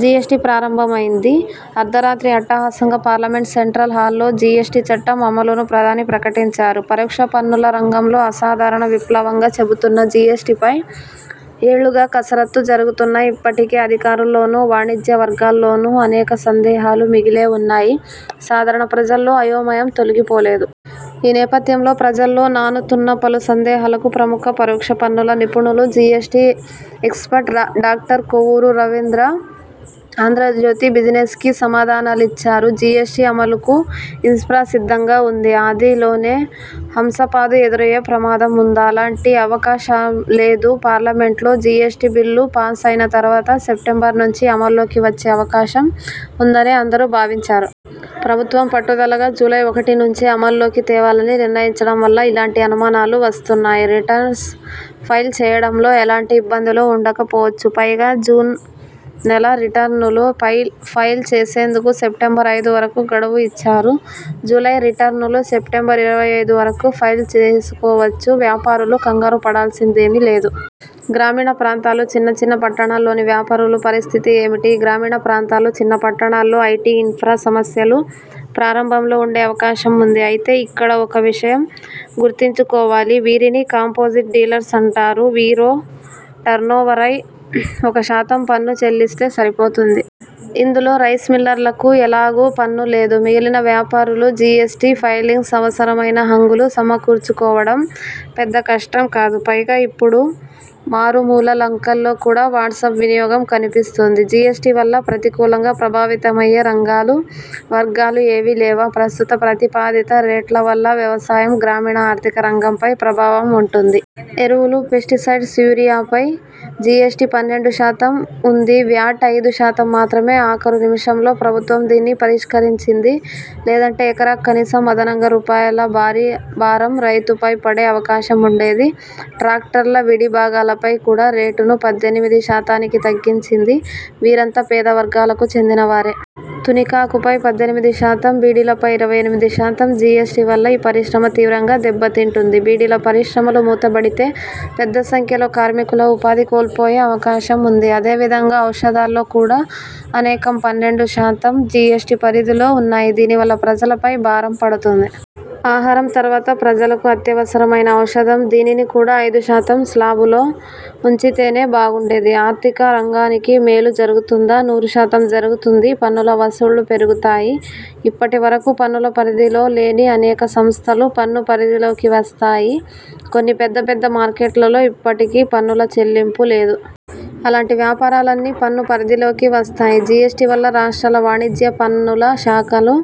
GST ప్రారంభమైంది. అర్ధరాత్రి అట్టహాసంగా పార్లమెంట్ సెంట్రల్ హాల్లో జిఎస్టి చట్టం అమలును ప్రధాని ప్రకటించారు. పరోక్ష పన్నుల రంగంలో అసాధారణ విప్లవంగా చెబుతున్న జిఎస్టిపై ఏళ్లుగా కసరత్తు జరుగుతున్నా ఇప్పటికే అధికారుల్లోనూ, వాణిజ్యవర్గాల్లోనూ అనేక సందేహాలు మిగిలే ఉన్నాయి. సాధారణ ప్రజల్లో ఆయోమయం తొలిగిపోలేదు. ఈ నేపథ్యంలో ప్రజల్లో నానుతున్న పలు సందేహాలకు ప్రముఖ పరోక్ష పన్నుల నిపుణులు, జిఎస్టి ఎక్స్పర్ట్ లా డాక్టర్ కొవ్వూరు రవీంద్ర 'ఆంధ్రజ్యోతి బిజినెస్'కి సమాధానాలిచ్చారు. జిఎస్టి అమలుకు ఇన్ఫ్రా సిద్ధంగా ఉందా? ఆదిలోనే హంసపాదు ఎదురయ్యే ప్రమాదం ఉందా? అలాంటి అవకాశం లేదు. పార్లమెంట్లో జిఎస్టి బిల్లు పాస్ ఆయిన తర్వాత సెప్టెంబర్ నుంచి అమల్లోకి వచ్చే అవకాశం ఉందనే అందరూ భావించారు. ప్రభుత్వం పట్టుదలగా జూలై ఒకటి నుంచే అమల్లోకి తేవాలని నిర్ణయించడం వల్ల ఇలాంటి అనుమానాలు వస్తున్నాయి. రిటర్న్స్ ఫైల్ చేయడంలో ఎలాంటి ఇబ్బందులు ఉండకపోవచ్చు. పైగా జూన్ నెల రిటర్నులు ఫైల్ చేసేందుకు సెప్టెంబర్ ఐదు వరకు గడువు ఇచ్చారు జూలై రిటర్నులు సెప్టెంబర్ ఇరవై ఐదు వరకు ఫైల్ చేసుకోవచ్చు వ్యాపారులు కంగారుపడాల్సిందేమీ లేదు. గ్రామీణప్రాంతాలు, చిన్న చిన్న పట్టణాల్లోని వ్యాపారుల పరిస్థితి ఏమిటీ? గ్రామీణ ప్రాంతాలు, చిన్న పట్టణాల్లో ఐటి ఇన్ఫ్రా సమస్యలు ప్రారంభంలో ఉండే అవకాశం ఉంది. అయితే ఇక్కడ ఒక్క విషయం గుర్తుంచుకోవాలి. వీరిని కాంపోజిట్ డీలర్స్ అంటారు. వీరు టర్నోవర్పై ఒక శాతం పన్ను చెల్లిస్తే సరిపోతుంది. ఇందులో రైస్ మిల్లర్లకు ఎలాగూ పన్ను లేదు. మిగిలిన వ్యాపారులు జిఎ్సటి ఫైలింగ్స్కు అవసరమైన హంగులు సమకూర్చుకోవడం పెద్దకష్టం కాదు. పైగా ఇప్పుడు మారుమూల లంకల్లో కూడా వాట్సప్ వినియోగం కనిపిస్తోంది. జిఎస్టి వల్ల ప్రతికూలంగా ప్రభావితమయ్యే రంగాలు, వర్గాలు ఏవీ లేవా? ప్రస్తుత ప్రతిపాదిత రేట్ల వల్ల వ్యవసాయం, గ్రామీణ ఆర్థిక రంగంపై ప్రభావం ఉంటుంది. ఎరువులు, పెస్టిసైడ్స్, యూరియాపై జిఎస్టి పన్నెండు శాతం ఉంది వ్యాట్ ఐదు శాతం మాత్రమే ఆఖరు నిమిషంలో ప్రభుత్వం దీన్ని పరిష్కరించింది. లేదంటే ఎకరాకు కనీసం అదనంగా రూపాయలబారి భారం రైతుపై పడే అవకాశం ఉండేది. ట్రాక్టర్ల విడిభాగాలపై కూడా రేటును పద్దెనిమిది శాతానికి తగ్గించింది వీరంతా పేద వర్గాలకు చెందినవారే. తునికాకుపై పద్దెనిమిది శాతం, బీడీలపై ఇరవై ఎనిమిది శాతం జిఎస్టి వల్ల ఈ పరిశ్రమ తీవ్రంగా దెబ్బతింటుంది బీడీల పరిశ్రమలు మూతబడితే పెద్దసంఖ్యలో కార్మికులు ఉపాధి కోల్పోయే అవకాశం ఉంది. అదే విధంగా ఔషధాల్లో కూడా అనేకం పన్నెండు శాతం జిఎ్సటి పరిధిలో ఉన్నాయి దీనివల్ల ప్రజలపై భారం పడుతుంది. ఆహారం తర్వాత ప్రజలకు అత్యవసరమైనది ఔషధం. దీనిని కూడా ఐదు శాతం స్లాబులో ఉంచితేనే బాగుండేది ఆర్థిక రంగానికి మేలు జరుగుతుందా? నూరు శాతం జరుగుతుంది. పన్నుల వసూళ్లు పెరుగుతాయి. ఇప్పటి వరకు పన్నుల పరిధిలో లేని అనేక సంస్థలు పన్ను పరిధిలోకి వస్తాయి. కొన్ని పెద్ద పెద్ద మార్కెట్లలో ఇప్పటికీ పన్నుల చెల్లింపు లేదు. అలాంటి వ్యాపారాలన్నీ పన్ను పరిధిలోకి వస్తాయి. జిఎస్టి వల్ల రాష్ట్రాల వాణిజ్య పన్నుల శాఖకు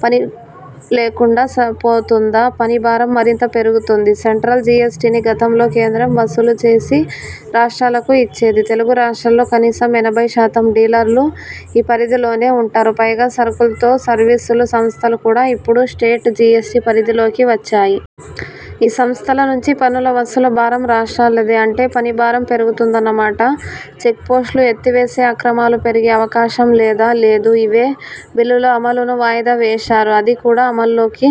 పనిలేకుండా సా పోతుందా? పనిభారం మరింత పెరుగుతుంది. సెంట్రల్ జిఎస్టిని గతంలో కేంద్రం వసూలు చేసి రాష్ట్రాలకు ఇచ్చేది. తెలుగు రాష్ట్రాల్లో కనీసం ఎనభై శాతం డీలర్లు ఈ పరిధిలోనే ఉంటారు పైగా సరుకులతోపాటు సర్వీసుల సంస్థలు కూడా ఇప్పుడు స్టేట్ జిఎస్టి పరిధిలోకి వచ్చాయి. ఈ సంస్థల నుంచి పన్నుల వసూలు భారం రాష్ట్రాలదే. అంటే పని భారం పెరుగుతుందన్నమాట. చెక్పోస్ట్లు ఎత్తివేస్తే అక్రమాలు పెరిగే అవకాశం లేదా? లేదు. ఇ వే బిల్లుల అమలును వాయిదా వేశారు. అది కూడా అమల్లోకి